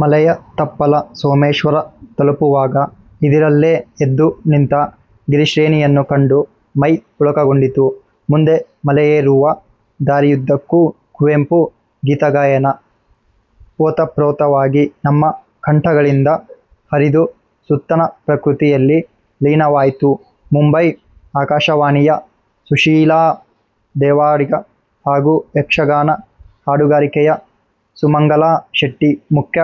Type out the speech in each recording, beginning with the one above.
ಮಲೆಯ ತಪ್ಪಲ ಸೋಮೇಶ್ವರ ತಲುಪುವಾಗ ಇದಿರಲ್ಲೇ ಎದ್ದು ನಿಂತ ಗಿರಿಶ್ರೇಣಿಯನ್ನು ಕಂಡು ಮೈ ಪುಳಕಗೊಂಡಿತು. ಮುಂದೆ ಮಲೆಯೇರುವ ದಾರಿಯುದ್ದಕ್ಕೂ ಕುವೆಂಪು ಗೀತಗಾಯನ ಓತಪ್ರೋತವಾಗಿ ನಮ್ಮ ಕಂಠಗಳಿಂದ ಹರಿದು ಸುತ್ತಣ ಪ್ರಕೃತಿಯಲ್ಲಿ ಲೀನವಾಯ್ತು. ಮುಂಬೈ ಆಕಾಶವಾಣಿಯ ಸುಶೀಲಾ ದೇವಾಡಿಗ ಹಾಗೂ ಯಕ್ಷಗಾನ ಹಾಡುಗಾರಿಕೆಯ ಸುಮಂಗಲಾ ಶೆಟ್ಟಿ ಮುಖ್ಯ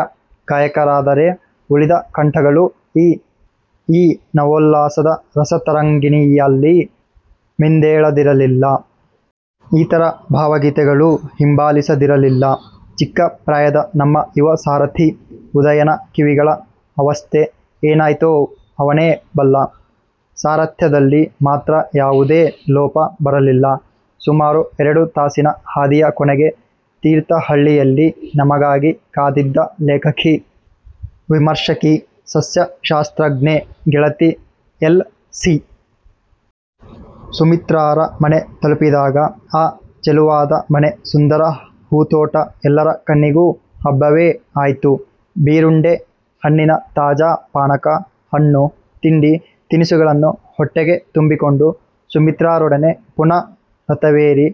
ಗಾಯಕರಾದರೆ, ಉಳಿದ ಕಂಠಗಳೂ ಈ ನವೋಲ್ಲಾಸದ ರಸತರಂಗಿಣಿಯಲ್ಲಿ ಮಿಂದೇಳದಿರಲಿಲ್ಲ. ಇತರ ಭಾವಗೀತೆಗಳೂ ಹಿಂಬಾಲಿಸದಿರಲಿಲ್ಲ. ಚಿಕ್ಕ ಪ್ರಾಯದ ನಮ್ಮ ಯುವ ಸಾರಥಿ ಉದಯನ ಕಿವಿಗಳ ಅವಸ್ಥೆ ಏನಾಯ್ತೋ ಅವನೇ ಬಲ್ಲ. ಸಾರಥ್ಯದಲ್ಲಿ ಮಾತ್ರ ಯಾವುದೇ ಲೋಪ ಬರಲಿಲ್ಲ. ಸುಮಾರು ಎರಡು ತಾಸಿನ ಹಾದಿಯ ಕೊನೆಗೆ, ತೀರ್ಥಹಳ್ಳಿಯಲ್ಲಿ ನಮಗಾಗಿ ಕಾದಿದ್ದ ಲೇಖಕಿ, ವಿಮರ್ಶಕಿ, ಸಸ್ಯಶಾಸ್ತ್ರಜ್ಞೆ ಗೆಳತಿ ಎಲ್. ಸಿ. ಸುಮಿತ್ರಾರ ಮನೆ ತಲುಪಿದಾಗ, ಆ ಚೆಲುವಾದ ಮನೆ, ಸುಂದರ ಹೂತೋಟ ಎಲ್ಲರ ಕಣ್ಣಿಗೂ ಹಬ್ಬವೇ ಆಯ್ತು. ಬೀರುಂಡೆ ಹಣ್ಣಿನ ತಾಜಾ ಪಾನಕ, ಹಣ್ಣು ತಿಂಡಿ, ತಿನಿಸುಗಳನ್ನು ಹೊಟ್ಟೆಗೆ ತುಂಬಿಕೊಂಡು ಸುಮಿತ್ರಾರೊಡನೆ ಪುನಃ ರಥವೇರಿ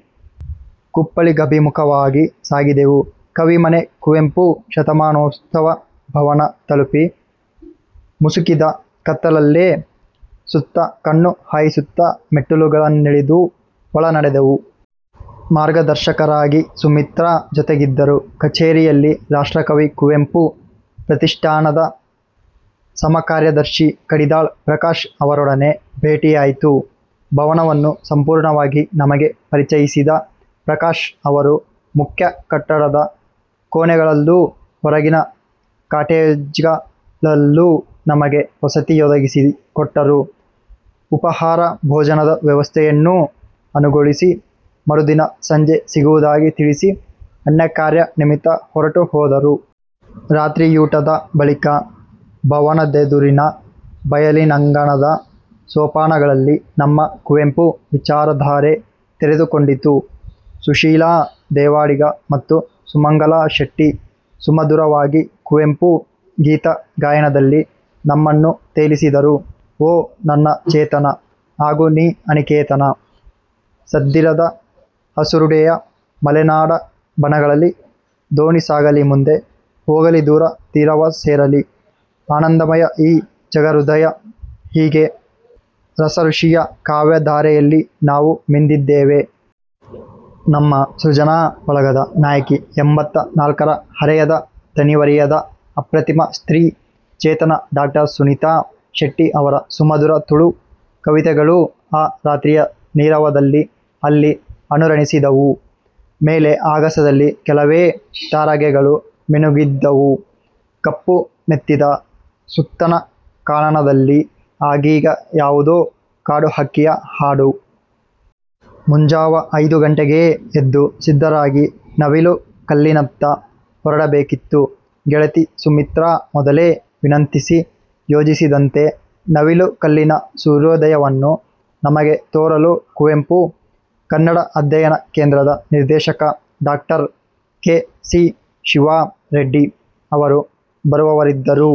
ಕುಪ್ಪಳಿಗಭಿಮುಖವಾಗಿ ಸಾಗಿದೆವು. ಕವಿಮನೆ ಕುವೆಂಪು ಶತಮಾನೋತ್ಸವ ಭವನ, ತಲುಪಿ, ಮುಸುಕಿದ ಕತ್ತಲಲ್ಲೇ ಸುತ್ತ ಕಣ್ಣು ಹಾಯಿಸುತ್ತಾ ಮೆಟ್ಟಲುಗಳನ್ನಿಳಿದು ಒಳ ನಡೆದೆವು. ಮಾರ್ಗದರ್ಶಕರಾಗಿ ಸುಮಿತ್ರಾ ಜೊತೆಗಿದ್ದರು. ಕಛೇರಿಯಲ್ಲಿ ರಾಷ್ಟ್ರಕವಿ ಕುವೆಂಪು ಪ್ರತಿಷ್ಠಾನದ ಸಮಕಾರ್ಯದರ್ಶಿ ಕಡಿದಾಳ್ ಪ್ರಕಾಶ್ ಅವರೊಡನೆ ಭೇಟಿಯಾಯ್ತು. ಭವನವನ್ನು ಸಂಪೂರ್ಣವಾಗಿ ನಮಗೆ ಪರಿಚಯಿಸಿದ ಪ್ರಕಾಶ್ ಅವರು ಮುಖ್ಯ ಕಟ್ಟಡದ ಕೋಣೆಗಳಲ್ಲೂ ಹೊರಗಿನ ಕಾಟೇಜ್ಗಳಲ್ಲೂ ನಮಗೆ ವಸತಿಯೊದಗಿಸಿ ಕೊಟ್ಟರು. ಉಪಾಹಾರ ಭೋಜನದ ವ್ಯವಸ್ಥೆಯನ್ನೂ ಅನುಗೊಳಿಸಿ ಮರುದಿನ ಸಂಜೆ ಸಿಗುವುದಾಗಿ ತಿಳಿಸಿ ಅನ್ಯಕಾರ್ಯ ನಿಮಿತ್ತ ಹೊರಟು ಹೋದರು. ರಾತ್ರಿಯೂಟದ ಬಳಿಕ ಭವನದೆದುರಿನ ಬಯಲಿನಂಗಣದ ಸೋಪಾನಗಳಲ್ಲಿ ನಮ್ಮ ಕುವೆಂಪು ವಿಚಾರಧಾರೆ ತೆರೆದು ಕೊಂಡಿತು. ಸುಶೀಲಾ ದೇವಾಡಿಗ ಮತ್ತು ಸುಮಂಗಲಾ ಶೆಟ್ಟಿ, ಸುಮಧುರವಾಗಿ ಕುವೆಂಪು ಗೀತ ಗಾಯನದಲ್ಲಿ ನಮ್ಮನ್ನು ತೇಲಿಸಿದರು. ಓ ನನ್ನ ಚೇತನ, ಆಗು ನೀ ಅನಿಕೇತನ, ಸದ್ದಿರದ ಹಸುರುಡೆಯ ಮಲೆನಾಡ ಬನಗಳಲಿ, ದೋಣಿ ಸಾಗಲಿ ಮುಂದೆ ಹೋಗಲಿ ದೂರ ತೀರವ ಸೇರಲಿ, ಆನಂದಮಯ ಈ ಜಗಹೃದಯ ಹೀಗೆ ರಸಋಷಿಯ ಕಾವ್ಯಧಾರೆಯಲ್ಲಿ ನಾವು ಮಿಂದೆದ್ದೆವು. ನಮ್ಮ ಸೃಜನಾ ಬಳಗದ ನಾಯಕಿ, ಎಂಬತ್ತ ನಾಲ್ಕರ ಹರೆಯದ ದಣಿವರಿಯದ ಅಪ್ರತಿಮ ಸ್ತ್ರೀ ಚೇತನ ಡಾಕ್ಟರ್ ಸುನೀತಾ ಶೆಟ್ಟಿ ಅವರ ಸುಮಧುರ ತುಳು ಕವಿತೆಗಳೂ ಆ ರಾತ್ರಿಯ ನೀರವದಲ್ಲಿ ಅಲ್ಲಿ ಅನುರಣಿಸಿದುವು. ಮೇಲೆ ಆಗಸದಲ್ಲಿ ಕೆಲವೇ ತಾರಗೆಗಳು ಮಿನುಗಿದ್ದುವು. ಕಪ್ಪು ಮೆತ್ತಿದ ಸುತ್ತಣ ಕಾನನದಲ್ಲಿ ಆಗೀಗ ಯಾವುದೋ ಕಾಡುಹಕ್ಕಿಯ ಹಾಡು. ಮುಂಜಾವ ಐದು ಗಂಟೆಗೇ ಎದ್ದು ಸಿದ್ಧರಾಗಿ ನವಿಲು ಕಲ್ಲಿನತ್ತ ಹೊರಡಬೇಕಿತ್ತು. ಗೆಳತಿ ಸುಮಿತ್ರಾ, ಮೊದಲೇ ವಿನಂತಿಸಿ ಯೋಜಿಸಿದಂತೆ. ನವಿಲು ಕಲ್ಲಿನ ಸೂರ್ಯೋದಯವನ್ನು ನಮಗೆ ತೋರಲು, ಕುವೆಂಪು ಕನ್ನಡ ಅಧ್ಯಯನ ಕೇಂದ್ರದ ನಿರ್ದೇಶಕ doctor K. C. Shiva Reddy ಅವರು ಬರುವವರಿದ್ದರು.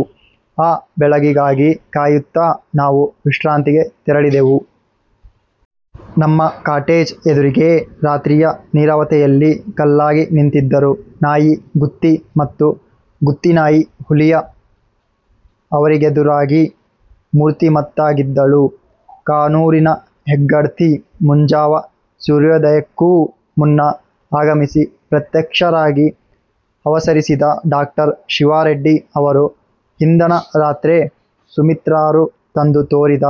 ಆ ಬೆಳಗಿಗಾಗಿ ಕಾಯುತ್ತಾ ನಾವು ವಿಶ್ರಾಂತಿಗೆ ತೆರಳಿದೆವು. ನಮ್ಮ ಕಾಟೇಜ್ ಎದುರಿಗೇ ರಾತ್ರಿಯ ನೀರವತೆಯಲ್ಲಿ ಕಲ್ಲಾಗಿ ನಿಂತಿದ್ದರು, ನಾಯಿ ಗುತ್ತಿ ಮತ್ತು ಗುತ್ತಿ ನಾಯಿ ಹುಲಿಯ. ಅವರಿಗೆದುರಾಗಿ ಮೂರ್ತಿಮತ್ತಾಗಿದ್ದಳು, ಕಾನೂರಿನ ಹೆಗ್ಗಡ್ತಿ. ಮುಂಜಾವ ಸೂರ್ಯೋದಯಕ್ಕೂ ಮುನ್ನ ಆಗಮಿಸಿ ಪ್ರತ್ಯಕ್ಷರಾಗಿ ಅವಸರಿಸಿದ ಡಾಕ್ಟರ್ ಶಿವಾರೆಡ್ಡಿ ಅವರು, ಹಿಂದಣ ರಾತ್ರೆ ಸುಮಿತ್ರಾರು ತಂದು ತೋರಿದ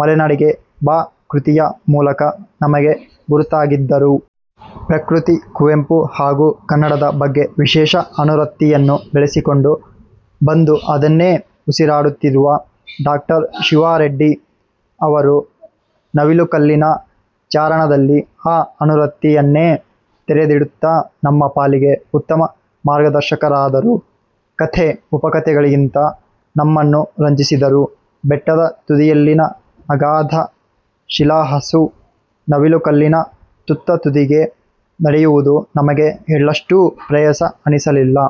ಮಲೆನಾಡಿಗೆ ಬಾ ಕೃತಿಯ ಮೂಲಕ ನಮಗೆ ಗುರುತಾಗಿದ್ದರು. ಪ್ರಕೃತಿ, ಕುವೆಂಪು ಹಾಗೂ ಕನ್ನಡದ ಬಗ್ಗೆ ವಿಶೇಷ ಅನುರಕ್ತಿಯನ್ನು ಬೆಳೆಸಿಕೊಂಡು ಬಂದು ಅದನ್ನೇ ಉಸಿರಾಡುತ್ತಿರುವ ಡಾಕ್ಟರ್ ಶಿವಾ ರೆಡ್ಡಿ ಅವರು ನವಿಲುಕಲ್ಲಿನ ಚಾರಣದಲ್ಲಿ ಆ ಅನುರಕ್ತಿಯನ್ನೇ ತೆರೆದಿಡುತ್ತಾ ನಮ್ಮ ಪಾಲಿಗೆ ಉತ್ತಮ ಮಾರ್ಗದರ್ಶಕರಾದರು. ಕಥೆ, ಉಪಕಥೆಗಳಿಂದ ನಮ್ಮನ್ನು ರಂಜಿಸಿದರು. ಬೆಟ್ಟದ ತುದಿಯಲ್ಲಿನ ಅಗಾಧ ಶಿಲಾಹಾಸು ನವಿಲುಕಲ್ಲಿನ ತುತ್ತ ತುದಿಗೆ ನಡೆಯುವುದು ನಮಗೆ ಎಳ್ಳಷ್ಟೂ ಪ್ರಯಾಸ ಅನಿಸಲಿಲ್ಲ.